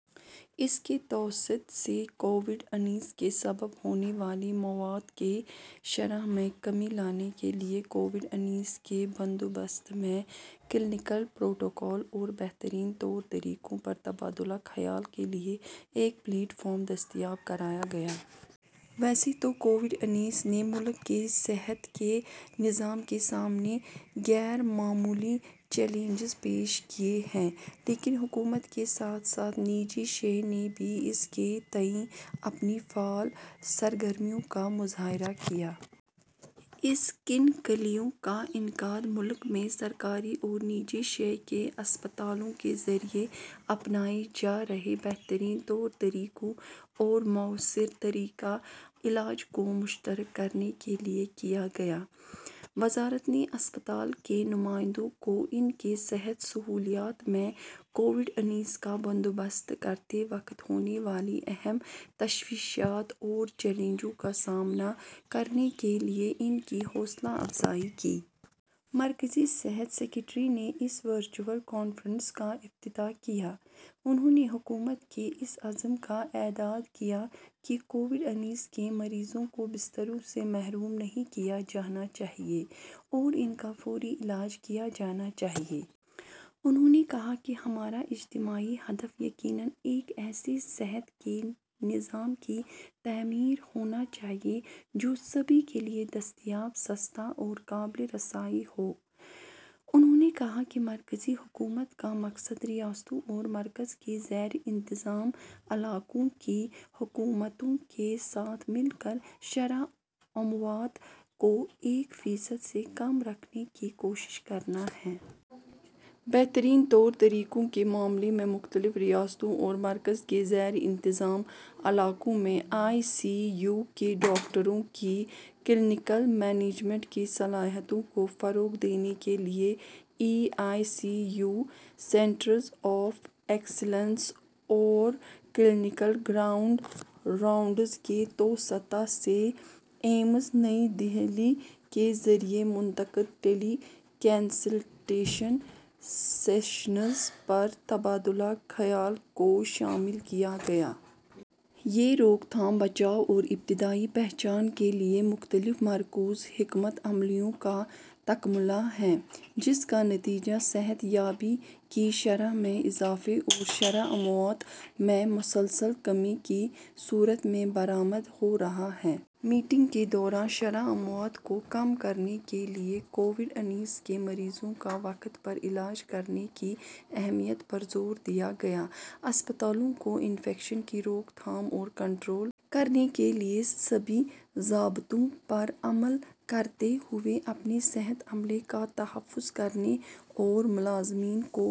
اس کے توسط سے کووڈ انیس کے سبب ہونے والی اموات کی شرح میں کمی لانے کے لیے کووڈ انیس کے بندوبست میں کلینکل پروٹوکول اور بہترین طور طریقوں پر تبادلہ خیال کے لیے ایک پلیٹ فارم دستیاب کرایا گیا۔ ویسے تو کووڈ انیس نے ملک کے صحت کے نظام کے سامنے غیر معمولی چیلنجز پیش کیے ہیں لیکن حکومت کے ساتھ ساتھ نجی شعبے نے بھی اس کے تئیں اپنی فعال سرگرمیوں کا مظاہرہ کیا۔ اس کنکلیو کا انعقاد ملک میں سرکاری اور نجی شعبے کے اسپتالوں کے ذریعے اپنائے جا رہے بہترین طور طریقوں اور مؤثر طریقہ علاج کو مشترک کرنے کے لیے کیا گیا۔ وزارت نے اسپتال کے نمائندوں کو ان کی صحت سہولیات میں کووڈ انیس کا بندوبست کرتے وقت ہونے والی اہم تشویشات اور چیلنجوں کا سامنا کرنے کے لیے ان کی حوصلہ افزائی کی۔ مرکزی صحت سکریٹری نے اس ورچوئل کانفرنس کا افتتاح کیا۔ انہوں نے حکومت کے اس عزم کا اعادہ کیا کہ کووڈ انیس کے مریضوں کو بستروں سے محروم نہیں کیا جانا چاہیے اور ان کا فوری علاج کیا جانا چاہیے۔ انہوں نے کہا کہ ہمارا اجتماعی ہدف یقیناً ایک ایسے صحت کے نظام کی تعمیر ہونا چاہیے جو سبھی کے لیے دستیاب، سستا اور قابل رسائی ہو۔ انہوں نے کہا کہ مرکزی حکومت کا مقصد ریاستوں اور مرکز کے زیر انتظام علاقوں کی حکومتوں کے ساتھ مل کر شرح اموات کو ایک فیصد سے کم رکھنے کی کوشش کرنا ہے۔ بہترین طور طریقوں کے معاملے میں مختلف ریاستوں اور مرکز کے زیر انتظام علاقوں میں آئی سی یو کے ڈاکٹروں کی کلینکل مینجمنٹ کی صلاحیتوں کو فروغ دینے کے لیے E I C U, centres of excellence اور کلینکل گراؤنڈ راؤنڈز کے توسط سے ایمس نئی دہلی کے ذریعے منعقدہ ٹیلی کنسلٹیشن سیشنز پر تبادلہ خیال کو شامل کیا گیا۔ یہ روک تھام، بچاؤ اور ابتدائی پہچان کے لیے مختلف مرکوز حکمت عملیوں کا تکملہ ہے، جس کا نتیجہ صحت یابی کی شرح میں اضافے اور شرح اموات میں مسلسل کمی کی صورت میں برآمد ہو رہا ہے۔ میٹنگ کے دوران شرح اموات کو کم کرنے کے لیے کووڈ انیس کے مریضوں کا وقت پر علاج کرنے کی اہمیت پر زور دیا گیا۔ اسپتالوں کو انفیکشن کی روک تھام اور کنٹرول کرنے کے لیے سبھی ضابطوں پر عمل کرتے ہوئے اپنے صحت عملے کا تحفظ کرنے اور ملازمین کو